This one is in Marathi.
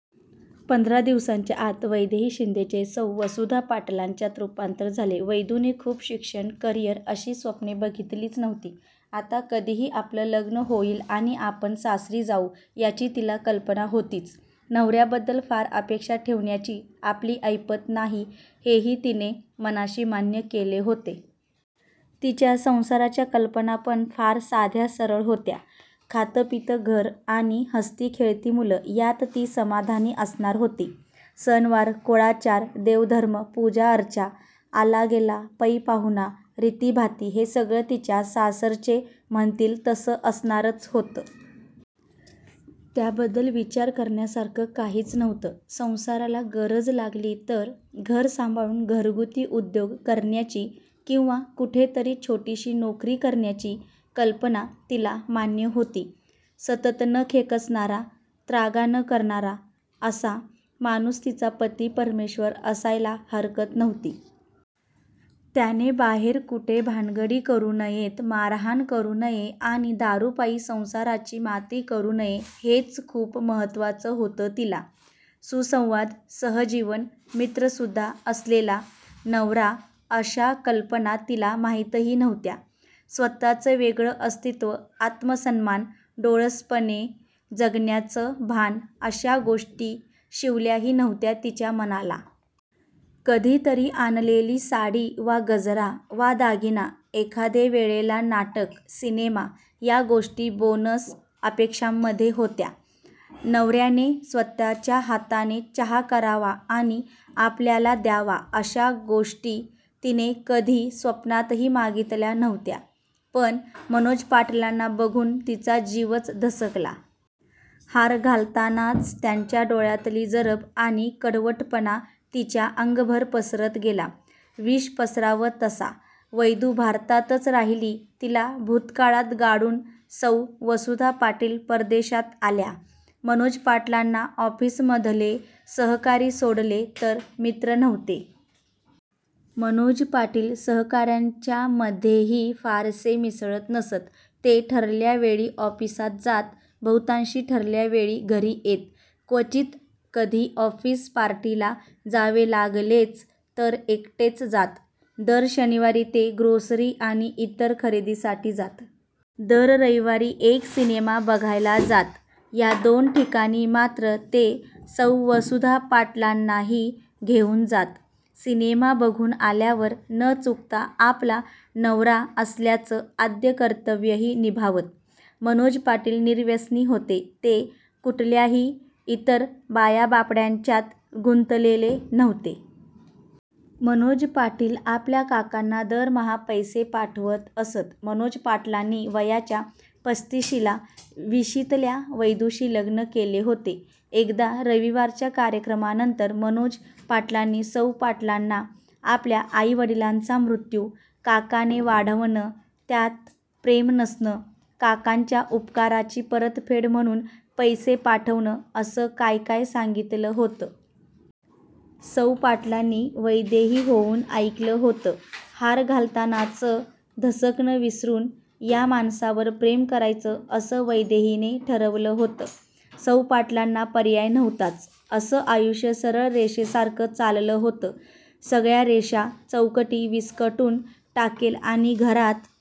पंधरा दिवसांच्या आत वैदेही शिंदेचे सौ वसुधा पाटलांच्यात रूपांतर झाले. वैदूने खूप शिक्षण, करिअर अशी स्वप्ने बघितलीच नव्हती. आता कधीही आपलं लग्न होईल आणि आपण सासरी जाऊ याची तिला कल्पना होतीच. नवऱ्याबद्दल फार अपेक्षा ठेवण्याची आपली ऐपत नाही हेही तिने मनाशी मान्य केले होते. तिच्या संसाराच्या कल्पना पण फार साध्या सरळ होत्या. खातंपितं घर आणि हसतीखेळती मुलं यात ती समाधानी असणार होती. सणवार, कुळाचार, देवधर्म, पूजाअर्चा, आलागेला, पैपाहुणा, रीतीभाती हे सगळं तिच्या सासरचे म्हणतील तसं असणारच होतं. त्याबद्दल विचार करण्यासारखं काहीच नव्हतं. संसाराला गरज लागली तर घर सांभाळून घरगुती उद्योग करण्याची किंवा कुठेतरी छोटीशी नोकरी करण्याची कल्पना तिला मान्य होती. सतत न खेकसणारा, त्रागा न करणारा असा माणूस तिचा पती परमेश्वर असायला हरकत नव्हती. त्याने बाहेर कुठे भानगडी करू नयेत, मारहाण करू नये आणि दारूपायी संसाराची माती करू नये हेच खूप महत्त्वाचं होतं तिला. सुसंवाद, सहजीवन, मित्रसुद्धा असलेला नवरा अशा कल्पना तिला माहीतही नव्हत्या. स्वतःचं वेगळं अस्तित्व, आत्मसन्मान, डोळसपणे जगण्याचं भान अशा गोष्टी शिवल्याही नव्हत्या तिच्या मनाला. कधीतरी आणलेली साडी वा गजरा वा दागिना, एखादेवेळेला नाटक सिनेमा या गोष्टी बोनस अपेक्षांमधे होत्या. नवऱ्याने स्वतःच्या हाताने चहा करावा आणि आपल्याला द्यावा अशा गोष्टी तिने कधी स्वप्नातही मागितल्या नव्हत्या. पण मनोज पाटलांना बघून तिचा जीवच धसकला. हार घालतानाच त्यांच्या डोळ्यातली जरब आणि कडवटपणा तिच्या अंगभर पसरत गेला. विष पसरावं तसा. वैदू भारतातच राहिली. तिला भूतकाळात गाडून सौ वसुधा पाटील परदेशात आल्या. मनोज पाटलांना ऑफिसमधले सहकारी सोडले तर मित्र नव्हते. मनोज पाटील सहकाऱ्यांच्यामध्येही फारसे मिसळत नसत. ते ठरल्या वेळी ऑफिसात जात बहुतांशी ठरल्या वेळी घरी येत. क्वचित कधी ऑफिस पार्टीला जावे लागलेच तर एकटेच जात. दर शनिवारी ते ग्रोसरी आणि इतर खरेदीसाठी जात. दर रविवारी एक सिनेमा बघायला जात. या दोन ठिकाणी मात्र ते सौ वसुधा पाटलांनाही घेऊन जात. सिनेमा बघून आल्यावर न चुकता आपला नवरा असल्याचं आद्य कर्तव्यही निभावत. मनोज पाटील निर्व्यसनी होते. ते कुठल्याही इतर बायाबापड्यांच्यात गुंतलेले नव्हते. मनोज पाटील आपल्या काकांना दरमहा पैसे पाठवत असत. मनोज पाटलांनी वयाच्या पस्तिशीला विशीतल्या वैदूशी लग्न केले होते. एकदा रविवारच्या कार्यक्रमानंतर मनोज पाटलांनी सौ पाटलांना आपल्या आईवडिलांचा मृत्यू, काकाने वाढवणं पण त्यात प्रेम नसणं, काकाच्या उपकाराची परतफेड म्हणून पैसे पाठवणं असं काय काय सांगितलं होतं. सौ पाटलांनी वैदेही होऊन ऐकलं होतं. हार घालतानाचं धसकणं विसरून या माणसावर प्रेम करायचं असं वैदेहीने ठरवलं होतं. सौ पाटलांना पर्याय नव्हताच. असं आयुष्य सरळ रेषेसारखं चाललं होतं. सगळ्या रेषा, चौकटी विस्कटून टाकेल आणि घरात